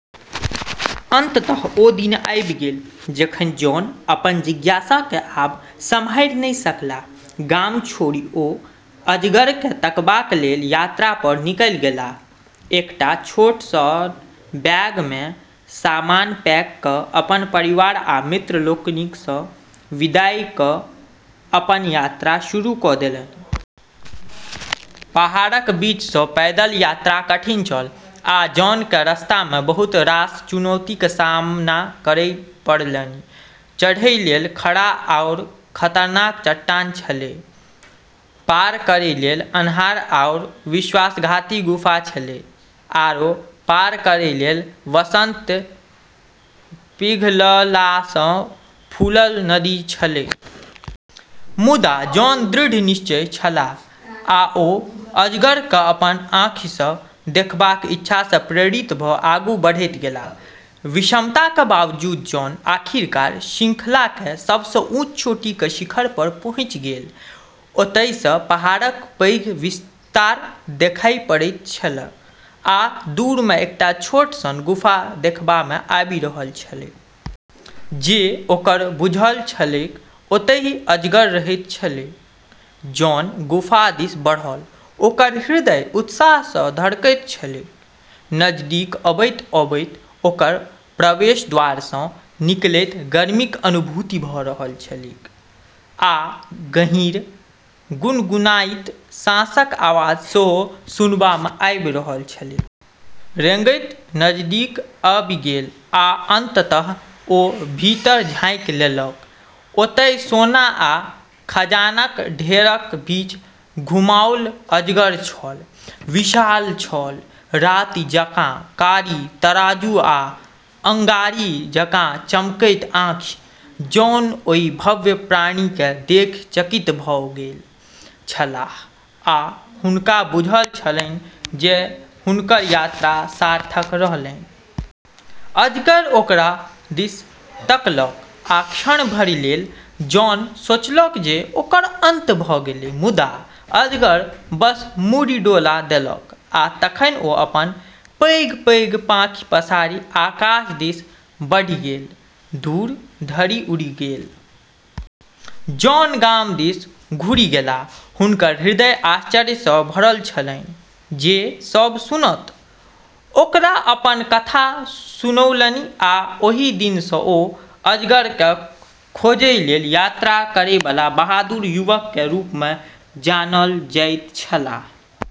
अंततः ओ दिन आबि गेल जखनि जॉन अपन जिज्ञासाकेँ आब सम्हारि नहि सकलाह। गाम छोड़ि ओ अजगरकेँ तकबाक लेल यात्रा पर निकलि गेलाह। एकटा छोट सन बैगमे सामान पैक क' अपन परिवार आ मित्र लोकनिसँ विदाइ क' अपन यात्रा शुरू क' देलनि। पहाड़क बीचसँ पैदल यात्रा कठिन छल, आ जॉनके रस्तामे बहुत रास चुनौतीके सामना करय पड़लनि। चढ़ै लेल खड़ा आओर खतरनाक चट्टान छलै, पार करै लेल अन्हार आओर विश्वासघाती गुफा छलै, आरो पार करै लेल वसंत पिघललासँ फूलल नदी छलै। मुदा जॉन दृढ़ निश्चयी छलाह, आ ओ अजगरकेँ अपन आँखिसँ देखबाक इच्छासँ प्रेरित भ' आगू बढ़ि गेलाह। विषमताके बावजूद जॉन आखिरकार श्रृंखलाके सबसँ ऊँच चोटीके शिखर पर पहुँचि गेल। ओतयसँ पहाड़क पैघ विस्तार देखाइ पड़ैत छलैक आ दूरमे एकटा छोट सन गुफा देखबामे आबि रहल छलैक। जे, ओकरा बुझल छलैक, ओतहि अजगर रहैत छलैक। जॉन गुफा दिस बढ़ल, ओकर हृदय उत्साहसँ धड़कैत छलैक। नजदीक अबैत-अबैत ओकरा प्रवेश द्वारसँ निकलैत गर्मीक अनुभूति भ' रहल छलैक, आ गहीँर, गुनगुनाइत साँसक आवाज सेहो सुनबामे आबि रहल छलैक। जॉन रेंगैत नजदीक आबि गेल, आ अंततः ओ भीतर झाँकि लेलक। ओतय सोना आ खजानाक ढेरक बीच घुमाओल अजगर छल। विशाल छल, राति जकाँ कारी तराजू आ अंगारी जकाँ चमकैत आँखि। जॉन ओहि भव्य प्राणीकेँ देखि चकित भ' गेल छलाह, आ हुनका बुझल छलनि जे हुनकर यात्रा सार्थक रहलनि। अजगर ओकरा दिस तकलक, आ क्षण भरि लेल जॉन सोचलक जे ओकर अंत भ' गेलै। मुदा अजगर बस मुड़ी डोला देलक, आ तखन ओ अपन पैघ-पैघ पाँखि पसारि आकाश दिस बढ़ि गेल, दूर धरि उड़ि गेल। जॉन गाम दिस घुरि गेलाह, हुनकर हृदय आश्चर्यसँ भरल छलनि। जे सब सुनत, ओकरा अपन कथा सुनौलनि आ ओहि दिनसँ ओ अजगरके खोजै लेल यात्रा करैबला बहादुर युवकके रूपमे जानल जाइत छलाह।